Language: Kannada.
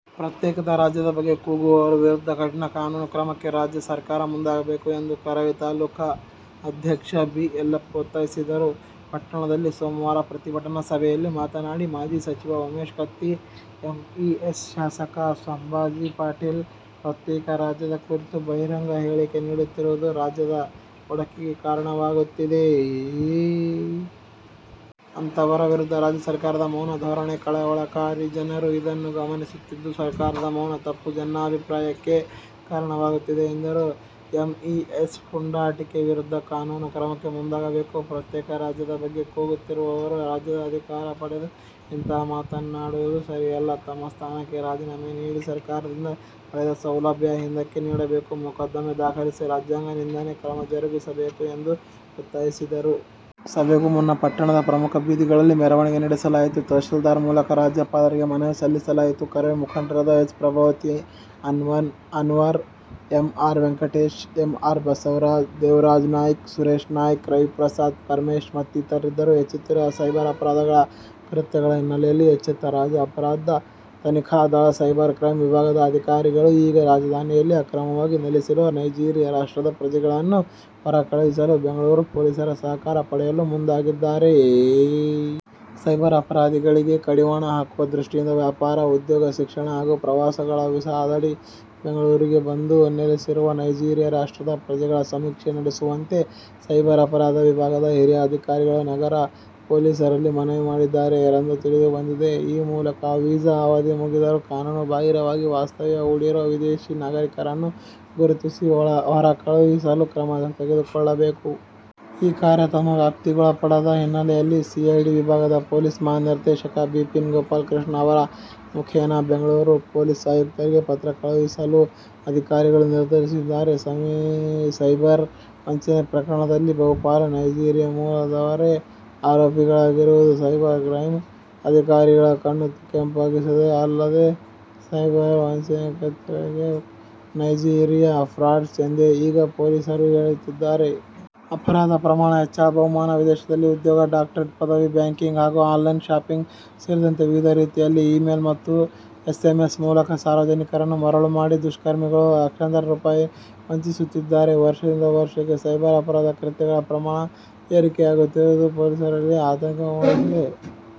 ಪ್ರತ್ಯೇಕ ರಾಜ್ಯದ ಬಗ್ಗೆ ಕೂಗುವವರ ವಿರುದ್ಧ ಕಠಿಣ ಕಾನೂನು ಕ್ರಮಕ್ಕೆ ರಾಜ್ಯ ಸರ್ಕಾರ ಮುಂದಾಗಬೇಕು ಎಂದು ಕರವೇ ತಾಲೂಕು ಅಧ್ಯಕ್ಷ ಬಿ. ಯಲ್ಲಪ್ಪ ಒತ್ತಾಯಿಸಿದರು. ಪಟ್ಟಣದಲ್ಲಿ ಸೋಮವಾರ ಪ್ರತಿಭಟನಾ ಸಭೆಯಲ್ಲಿ ಮಾತನಾಡಿ, ಮಾಜಿ ಸಚಿವ ಉಮೇಶ ಕತ್ತಿ, ಎಂಇಎಸ್ ಶಾಸಕ ಸಾಂಬಾಜಿ ಪಾಟೀಲ್ ಪ್ರತ್ಯೇಕ ರಾಜ್ಯದ ಕುರಿತು ಬಹಿರಂಗ ಹೇಳಿಕೆ ನೀಡುತ್ತಿರುವುದು ರಾಜ್ಯದ ಒಡಕಿಗೆ ಕಾರಣವಾಗುತ್ತಿದೆ. ಅಂತಹವರ ವಿರುದ್ಧ ರಾಜ್ಯ ಸರ್ಕಾರದ ಮೌನ ಧೋರಣೆ ಕಳವಳಕಾರಿ ಜನರು. ಇದನ್ನು ಗಮನಿಸುತ್ತಿದ್ದು ಸರ್ಕಾರದ ಮೌನ ತಪ್ಪು ಜನಾಭಿಪ್ರಾಯಕ್ಕೆ ಕಾರಣವಾಗುತ್ತಿದೆ ಎಂದರು. ಎಂಇಎಸ್ ಪುಂಡಾಟಿಕೆ ವಿರುದ್ಧ ಕಾನೂನು ಕ್ರಮಕ್ಕೆ ಮುಂದಾಗಬೇಕು. ಪ್ರತ್ಯೇಕ ರಾಜ್ಯದ ಬಗ್ಗೆ ಕೂಗುತ್ತಿರುವವರು ರಾಜ್ಯದ ಅಧಿಕಾರ ಪಡೆದು ಇಂತಹ ಮಾತನ್ನಾಡುವುದು ಸರಿಯಲ್ಲ. ತಮ್ಮ ಸ್ಥಾನಕ್ಕೆ ರಾಜೀನಾಮೆ ನೀಡಿ, ಸರ್ಕಾರದಿಂದ ಪಡೆದ ಸೌಲಭ್ಯ ಹಿಂದಕ್ಕೆ ನೀಡಬೇಕು ಮೊಕ್ಕದ್ದಮೆ ದಾಖಲಿಸಿ ರಾಜ್ಯಾಂಗ ನಿಂದನೆ ಕ್ರಮ ಜರುಗಿಸಬೇಕು ಎಂದು ಒತ್ತಾಯಿಸಿದರು. ಸಭೆಗೂ ಮುನ್ನ ಪಟ್ಟಣದ ಪ್ರಮುಖ ಬೀದಿಗಳಲ್ಲಿ ಮೆರವಣಿಗೆ ನಡೆಸಲಾಯಿತು. ತಹಶೀಲ್ದಾರ್ ಮೂಲಕ ರಾಜ್ಯಪಾಲರಿಗೆ ಮನವಿ ಸಲ್ಲಿಸಲಾಯಿತು. ಕರವೇ ಮುಖಂಡರಾದ H. Prabhavati, Anwar, M. R. Venkatesha, M. R. Basavaraja, Devarajanayka, Sureshanayka, Raviprasad, Paramesha ಮತ್ತಿತರರಿದ್ದರು. ಹೆಚ್ಚುತ್ತಿರುವ ಸೈಬರ್ ಅಪರಾಧ ಕೃತ್ಯಗಳ ಹಿನ್ನೆಲೆಯಲ್ಲಿ ಎಚ್ಚೆತ್ತ ರಾಜ್ಯ ಅಪರಾಧ ತನಿಖಾ ದಳ ಸೈಬರ್ ಕ್ರೈಂ ವಿಭಾಗದ ಅಧಿಕಾರಿಗಳು ಈಗ ರಾಜಧಾನಿಯಲ್ಲಿ ಅಕ್ರಮವಾಗಿ ನೆಲೆಸಿರುವ ನೈಜೀರಿಯಾ ರಾಷ್ಟ್ರದ ಪ್ರಜೆಗಳನ್ನು ಹೊರ ಕಳುಹಿಸಲು ಬೆಂಗಳೂರು ಪೊಲೀಸರ ''''''ಸಹಕಾರ'' ಪಡೆಯಲು ಮುಂದಾಗಿದ್ದಾರೆ. ಸೈಬರ್ ಅಪರಾಧಗಳಿಗೆ ಕಡಿವಾಣ ಹಾಕುವ ದೃಷ್ಟಿಯಿಂದ ವ್ಯಾಪಾರ, ಉದ್ಯೋಗ, ಶಿಕ್ಷಣ ಹಾಗೂ ಪ್ರವಾಸಗಳ ವೀಸಾದಡಿ ಬೆಂಗಳೂರಿಗೆ ಬಂದು ನೆಲೆಸಿರುವ ನೈಜೀರಿಯಾ ರಾಷ್ಟ್ರದ ಪ್ರಜೆಗಳ ಸಮೀಕ್ಷೆ ನಡೆಸುವಂತೆ ಸೈಬರ್ ಅಪರಾಧ ವಿಭಾಗದ ಹಿರಿಯ ಅಧಿಕಾರಿಗಳು ನಗರ ಪೊಲೀಸರಲ್ಲಿ ಮನವಿ ಮಾಡಿದ್ದಾರೆ ಎಂದು ತಿಳಿದು ಬಂದಿದೆ. ಈ ಮೂಲಕ ವೀಸಾ ಅವಧಿ ಮುಗಿದರೂ ಕಾನೂನು ಬಾಹಿರವಾಗಿ ವಾಸ್ತವ್ಯ ಹೂಡಿರುವ ವಿದೇಶಿ ನಾಗರಿಕರನ್ನು ಗುರುತಿಸಿ ಹೊರ ಕಳುಹಿಸಲು ಕ್ರಮ ತೆಗೆದುಕೊಳ್ಳಬೇಕು. ಈ ಕಾರ್ಯ ತಮ್ಮ ವ್ಯಾಪ್ತಿಗೊಳಪಡದ ಹಿನ್ನೆಲೆಯಲ್ಲಿ ಸಿಐಡಿ ವಿಭಾಗದ ಪೊಲೀಸ್ ಮಹಾನಿರ್ದೇಶಕ ಬಿಪಿನ್ ಗೋಪಾಲಕೃಷ್ಣ ಅವರ ಮುಖೇನ ಬೆಂಗಳೂರು ಪೊಲೀಸ್ ಆಯುಕ್ತರಿಗೆ ಪತ್ರ ಕಳುಹಿಸಲು ಅಧಿಕಾರಿಗಳು ನಿರ್ಧರಿಸಿದ್ದಾರೆ. ಸೈಬರ್ ವಂಚನೆ ಪ್ರಕರಣದಲ್ಲಿ ಬಹುಪಾಲು ನೈಜೀರಿಯಾ ಮೂಲದವರೇ ಆರೋಪಿಗಳಾಗಿರುವುದು ಸೈಬರ್ ಕ್ರೈಂ ಅಧಿಕಾರಿಗಳ ಕಣ್ಣು ಕೆಂಪಾಗಿಸಿದೆ. ಅಲ್ಲದೆ, ಸೈಬರ್ ವಂಚನೆ ಕೃತ್ಯಗಳಿಗೆ ''''ನೈಜೀರಿಯಾ ಫ್ರಾಡ್ಸ್'' ಎಂದೇ ಈಗ ಪೊಲೀಸರು ಹೇಳುತ್ತಿದ್ದಾರೆ. ಅಪರಾಧ ಪ್ರಮಾಣ ಹೆಚ್ಚಳ: ಬಹುಮಾನ, ವಿದೇಶದಲ್ಲಿ ಉದ್ಯೋಗ, ಡಾಕ್ಟರೇಟ್ ಪದವಿ, ಬ್ಯಾಂಕಿಂಗ್ ಹಾಗೂ ಆನ್ಲೈನ್ ಶಾಪಿಂಗ್ ಸೇರಿದಂತೆ ವಿವಿಧ ರೀತಿಯಲ್ಲಿ ಇ-ಮೇಲ್ ಮತ್ತು ಎಸ್ಎಂಎಸ್ ಮೂಲಕ ಸಾರ್ವಜನಿಕರನ್ನು ಮರಳು ಮಾಡಿ ದುಷ್ಕರ್ಮಿಗಳು ಲಕ್ಷಾಂತರ ರೂ. ವಂಚಿಸುತ್ತಿದ್ದಾರೆ. ವರ್ಷದಿಂದ ವರ್ಷಕ್ಕೆ ಸೈಬರ್ ಅಪರಾಧ ಕೃತ್ಯಗಳ ಪ್ರಮಾಣ ಏರಿಕೆಯಾಗುತ್ತಿರುವುದು ಪೊಲೀಸರಲ್ಲಿ ಆತಂಕ ಮೂಡಿಸಿದೆ.